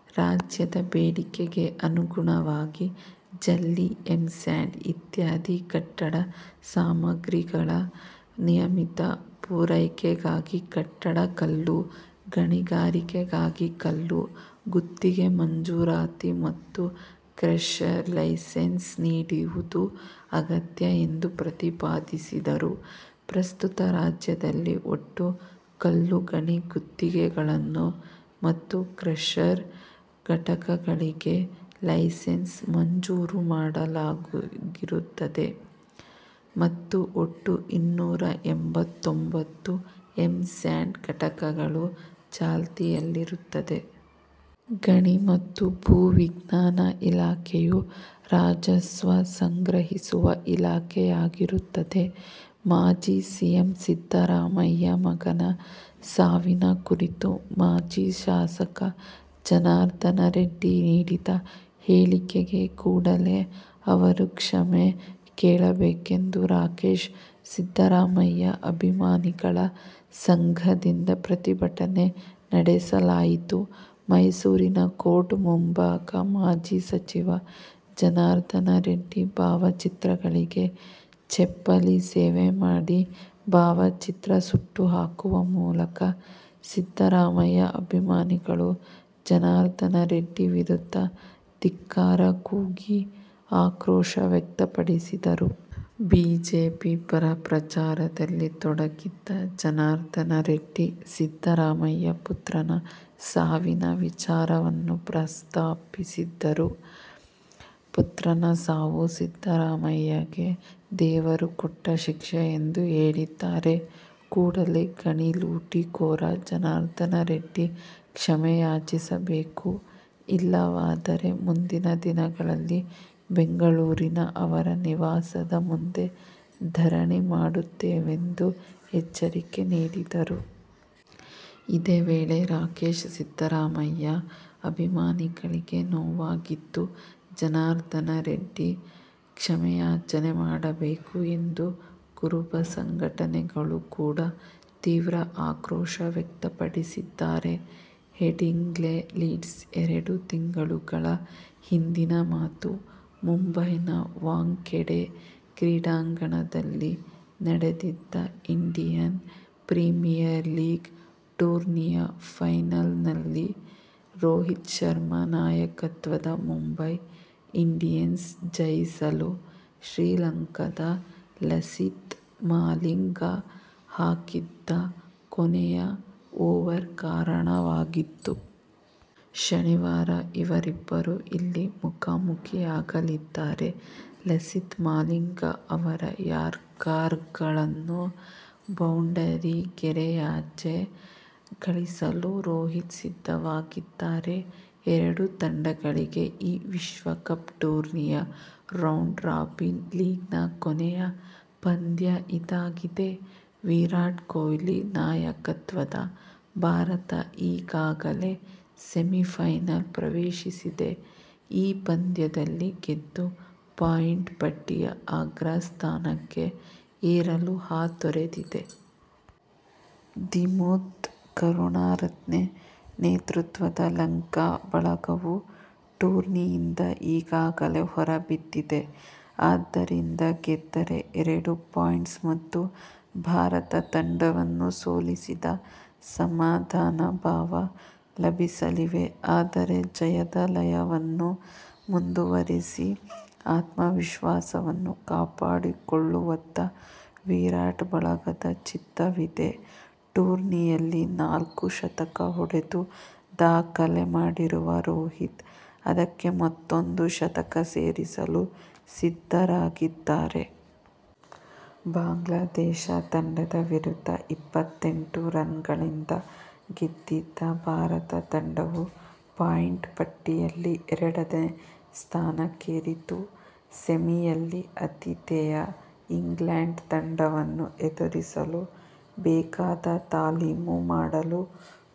. ರಾಜ್ಯದ ಬೇಡಿಕೆಗೆ ಅನುಗುಣವಾಗಿ ಜಲ್ಲಿ, ಎಂ-ಸ್ಯಾಂಡ್ ಇತ್ಯಾದಿ ಕಟ್ಟಡ ಸಾಮಾಗ್ರಿಗಳ ನಿಯಮಿತ ಪೂರೈಕೆಗಾಗಿ ಕಟ್ಟಡ ಕಲ್ಲು ಗಣಿಗಾರಿಕೆಗಾಗಿ ಕಲ್ಲು ಗುತ್ತಿಗೆ ಮಂಜುರಾತಿ ಮತ್ತು ಕ್ರಷರ್ ಲೈಸೆನ್ಸ್ ನೀಡುವುದು ಅಗತ್ಯ ಎಂದು ಪ್ರತಿಪಾದಿಸಿದರು. ಪ್ರಸ್ತುತ ರಾಜ್ಯದಲ್ಲಿ ಒಟ್ಟು ಕಲ್ಲುಗಣಿ ಗುತ್ತಿಗೆಗಳನ್ನು ಮತ್ತು ಕ್ರಷರ್ ಘಟಕಗಳಿಗೆ ಲೈಸೆನ್ಸ್ ಮಂಜೂರು ಮಾಡಲಾಗಿರುತ್ತದೆ ಮತ್ತು ಒಟ್ಟು ಇನ್ನೂರ ಎಂಬತ್ತೊಂಬತ್ತು ಎಂ-ಸ್ಯಾಂಡ್ ಘಟಕಗಳು ಚಾಲ್ತಿಯಲ್ಲಿರುತ್ತದೆ. ಗಣಿ ಮತ್ತು ಭೂವಿಜ್ಞಾನ ಇಲಾಖೆಯು ರಾಜಸ್ವ ಸಂಗ್ರಹಿಸುವ ಇಲಾಖೆಯಾಗಿರುತ್ತದೆ. ಮಾಜಿ ಸಿಎಂ ಸಿದ್ದರಾಮಯ್ಯ ಮಗನ ಸಾವಿನ ಕುರಿತು ಮಾಜಿ ಶಾಸಕ ಜನಾರ್ದನ ರೆಡ್ಡಿ ನೀಡಿದ ಹೇಳಿಕೆಗೆ ಕೂಡಲೇ ಅವರು ಕ್ಷಮೇ ಕೇಳಬೇಕೆಂದು ರಾಕೇಶ್ ಸಿದ್ದರಾಮಯ್ಯ ಅಭಿಮಾನಿಗಳ ಸಂಘದಿಂದ ಪ್ರತಿಭಟನೆ ನಡೆಸಲಾಯಿತು. ಮೈಸೂರಿನ ಕೋರ್ಟ್ ಮುಂಭಾಗ ಮಾಜಿ ಸಚಿವ ಜನಾರ್ದನ ರೆಡ್ಡಿ ಭಾವಚಿತ್ರಗಳಿಗೆ ಚೆಪ್ಪಲಿ ಸೇವೆ ಮಾಡಿ ಭಾವಚಿತ್ರ ಸುಟ್ಟುಹಾಕುವ ಮೂಲಕ ಸಿದ್ದರಾಮಯ್ಯ ಅಭಿಮಾನಿಗಳು ಜನಾರ್ದನರೆಡ್ಡಿ ವಿರುದ್ಧ ಧಿಕ್ಕಾರ ಕೂಗಿ ಆಕ್ರೋಶ ವ್ಯಕ್ತಪಡಿಸಿದರು. ಬಿಜೆಪಿ ಪರ ಪ್ರಚಾರದಲ್ಲಿ ತೊಡಗಿದ್ದ ಜನಾರ್ದನ ರೆಡ್ಡಿ ಸಿದ್ದರಾಮಯ್ಯ ಪುತ್ರನ ಸಾವಿನ ವಿಚಾರವನ್ನು ಪ್ರಸ್ತಾಪಿಸಿದ್ದರು. ಪುತ್ರನ ಸಾವು, ಸಿದ್ದರಾಮಯ್ಯಗೆ ದೇವರು ಕೊಟ್ಟ ಶಿಕ್ಷೆ ಎಂದು ಹೇಳಿದ್ದಾರೆ. ಕೂಡಲೇ ಗಣಿ ಲೂಟಿ ಕೋರ ಜನಾರ್ಧನರೆಡ್ಡಿ ಕ್ಷಮೆಯಾಚಿಸಬೇಕು. ಇಲ್ಲವಾದರೆ ಮುಂದಿನ ದಿನಗಳಲ್ಲಿ ಬೆಂಗಳೂರಿನ ಅವರ ನಿವಾಸದ ಮುಂದೆ ಧರಣಿ ಮಾಡುತ್ತೇವೆಂದು ಎಚ್ಚರಿಕೆ ನೀಡಿದರು. ಇದೇ ವೇಳೆ ರಾಕೇಶ್ ಸಿದ್ದರಾಮಯ್ಯ ಅಭಿಮಾನಿಗಳಿಗೆ ನೋವಾಗಿದ್ದು ಜನರ್ದಾನ ರೆಡ್ಡಿ ಕ್ಷಮೇಯಾಚನೆ ಮಾಡಬೇಕು ಎಂದು ಕುರುಬ ಸಂಘಟನೆಗಳು ಕೂಡ ತೀವ್ರ ಆಕ್ರೋಶ ವ್ಯಕ್ತಪಡಿಸಿದ್ದಾರೆ. ಹೆಡಿಂಗ್ಲೆ, ಲೀಡ್ಸ್: ಎರಡು ತಿಂಗಳುಗಳ ಹಿಂದಿನ ಮಾತು. ಮುಂಬೈನ ವಾಂಖೆಡೆ ಕ್ರೀಡಾಂಗಣದಲ್ಲಿ ನಡೆದಿದ್ದ ಇಂಡಿಯನ್ ಪ್ರೀಮಿಯರ್ ಲೀಗ್ ಟೂರ್ನಿಯ ಫೈನಲ್ನಲ್ಲಿ ರೋಹಿತ್ ಶರ್ಮಾ ನಾಯಕತ್ವದ ಮುಂಬೈ ಇಂಡಿಯನ್ಸ್ ಜಯಿಸಲು ಶ್ರೀಲಂಕಾದ ಲಸಿತ್ ಮಾಲಿಂಗ ಹಾಕಿದ್ದ ಕೊನೆಯ ಓವರ್ ಕಾರಣವಾಗಿತ್ತು. ಶನಿವಾರ ಇವರಿಬ್ಬರೂ ಇಲ್ಲಿ ಮುಖಾಮುಖಿಯಾಗಲಿದ್ದಾರೆ. ಲಸಿತ್ ಮಾಲಿಂಗ ಅವರ ಯಾರ್ಕರ್ಗಳನ್ನು ಬೌಂಡರಿಗೆರೆಯಾಚೆ ಕಳಿಸಲು ರೋಹಿತ್ ಸಿದ್ಧವಾಗಿದ್ದಾರೆ. ಎರಡೂ ತಂಡಗಳಿಗೆ ಈ ವಿಶ್ವಕಪ್ ಟೂರ್ನಿಯ ರೌಂಡ್ ರಾಬಿನ್ ಲೀಗ್ನ ಕೊನೆಯ ಪಂದ್ಯ ಇದಾಗಿದೆ. ವಿರಾಟ್ ಕೊಹ್ಲಿ ನಾಯಕತ್ವದ ಭಾರತ ಈಗಾಗಲೇ ಸೆಮಿಫೈನಲ್ ಪ್ರವೇಶಿಸಿದೆ. ಈ ಪಂದ್ಯದಲ್ಲಿ ಗೆದ್ದು ಪಾಯಿಂಟ್ ಪಟ್ಟಿಯ ಅಗ್ರಸ್ಥಾನಕ್ಕೆ ಏರಲು ಹಾತೊರೆದಿದೆ. ದಿಮುತ್ ಕರುಣಾರತ್ನೆ ನೇತೃತ್ವದ ಲಂಕಾ ಬಳಗವು ಟೂರ್ನಿಯಿಂದ ಈಗಾಗಲೇ ಹೊರಬಿದ್ದಿದೆ. ಆದ್ದರಿಂದ ಗೆದ್ದರೆ ಎರಡು ಪಾಯಿಂಟ್ಸ್ ಮತ್ತು ಭಾರತ ತಂಡವನ್ನು ಸೋಲಿಸಿದ ಸಮಾಧಾನಭಾವ ಲಭಿಸಲಿವೆ. ಆದರೆ, ಜಯದ ಲಯವನ್ನು ಮುಂದುವರಿಸಿ ಆತ್ಮವಿಶ್ವಾಸವನ್ನು ಕಾಪಾಡಿಕೊಳ್ಳುವತ್ತ ವಿರಾಟ್ ಬಳಗದ ಚಿತ್ತವಿದೆ. ಟೂರ್ನಿಯಲ್ಲಿ ನಾಲ್ಕು ಶತಕ ಹೊಡೆದು ದಾಖಲೆ ಮಾಡಿರುವ ರೋಹಿತ್, ಅದಕ್ಕೆ ಮತ್ತೊಂದು ಶತಕ ಸೇರಿಸಲು ಸಿದ್ಧರಾಗಿದ್ದಾರೆ. ಬಾಂಗ್ಲಾದೇಶ ತಂಡದ ವಿರುದ್ಧ ಇಪ್ಪತ್ತೆಂಟು ರನ್ಗಳಿಂದ ಗೆದ್ದಿದ್ದ ಭಾರತ ತಂಡವು ಪಾಯಿಂಟ್ ಪಟ್ಟಿಯಲ್ಲಿ ಎರಡನೇ ಸ್ಥಾನಕ್ಕೇರಿತ್ತು. ಸೆಮಿಯಲ್ಲಿ ಆತಿಥೇಯ ಇಂಗ್ಲೆಂಡ್ ತಂಡವನ್ನು ಎದುರಿಸಲು ಬೇಕಾದ ತಾಲೀಮು ಮಾಡಲು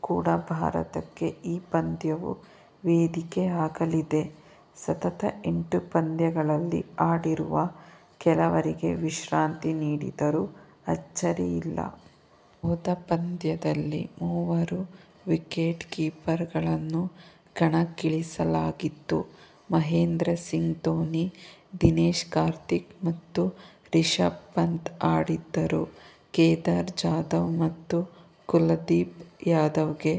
ಕೂಡ ಭಾರತಕ್ಕೆ ಈ ಪಂದ್ಯವು ವೇದಿಕೆಯಾಗಲಿದೆ. ಸತತ ಎಂಟು ಪಂದ್ಯಗಳಲ್ಲಿ ಆಡಿರುವ ಕೆಲವರಿಗೆ ವಿಶ್ರಾಂತಿ ನೀಡಿದರೂ ಅಚ್ಚರಿಯಿಲ್ಲ. ಹೋದ ಪಂದ್ಯದಲ್ಲಿ ಮೂವರು ವಿಕೆಟ್ಕೀಪರ್ಗಳನ್ನು ಕಣಕ್ಕಿಳಿಸಲಾಗಿತ್ತು. ಮಹೇಂದ್ರಸಿಂಗ್ ಧೋನಿ, ದಿನೇಶ್ ಕಾರ್ತಿಕ್ ಮತ್ತು ರಿಷಭ್ ಪಂತ್ ಆಡಿದ್ದರು. ಕೇದಾರ್ ಜಾಧವ್ ಮತ್ತು ಕುಲದೀಪ್ ಯಾದವ್ಗೆ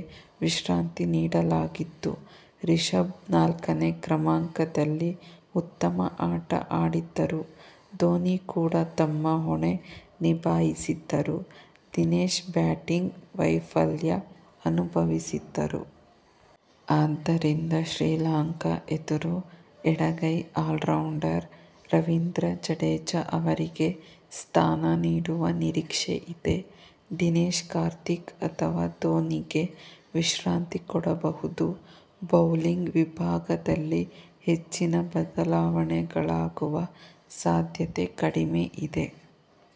ವಿಶ್ರಾಂತಿ ನೀಡಲಾಗಿತ್ತು. ರಿಷಭ್ ನಾಲ್ಕನೇ ಕ್ರಮಾಂಕದಲ್ಲಿ ಉತ್ತಮ ಆಟ ಆಡಿದ್ದರು. ಧೋನಿ ಕೂಡ ತಮ್ಮ ಹೊಣೆ ನಿಭಾಯಿಸಿದ್ದರು. ದಿನೇಶ್ ಬ್ಯಾಟಿಂಗ್ ವೈಫಲ್ಯ ಅನುಭವಿಸಿದ್ದರು. ಆದ್ದರಿಂದ ಶ್ರೀಲಂಕಾ ಎದುರು ಎಡಗೈ ಆಲ್ರೌಂಡರ್ ರವೀಂದ್ರ ಜಡೇಜ ಅವರಿಗೆ ಸ್ಥಾನ ನೀಡುವ ನಿರೀಕ್ಷೆ ಇದೆ. ದಿನೇಶ್ ಕಾರ್ತಿಕ್ ಅಥವಾ ಧೋನಿಗೆ ವಿಶ್ರಾಂತಿ ಕೊಡಬಹುದು. ಬೌಲಿಂಗ್ ವಿಭಾಗದಲ್ಲಿ ಹೆಚ್ಚಿನ ಬದಲಾವಣೆಗಳಾಗುವ ಸಾಧ್ಯತೆ ಕಡಿಮೆ ಇದೆ.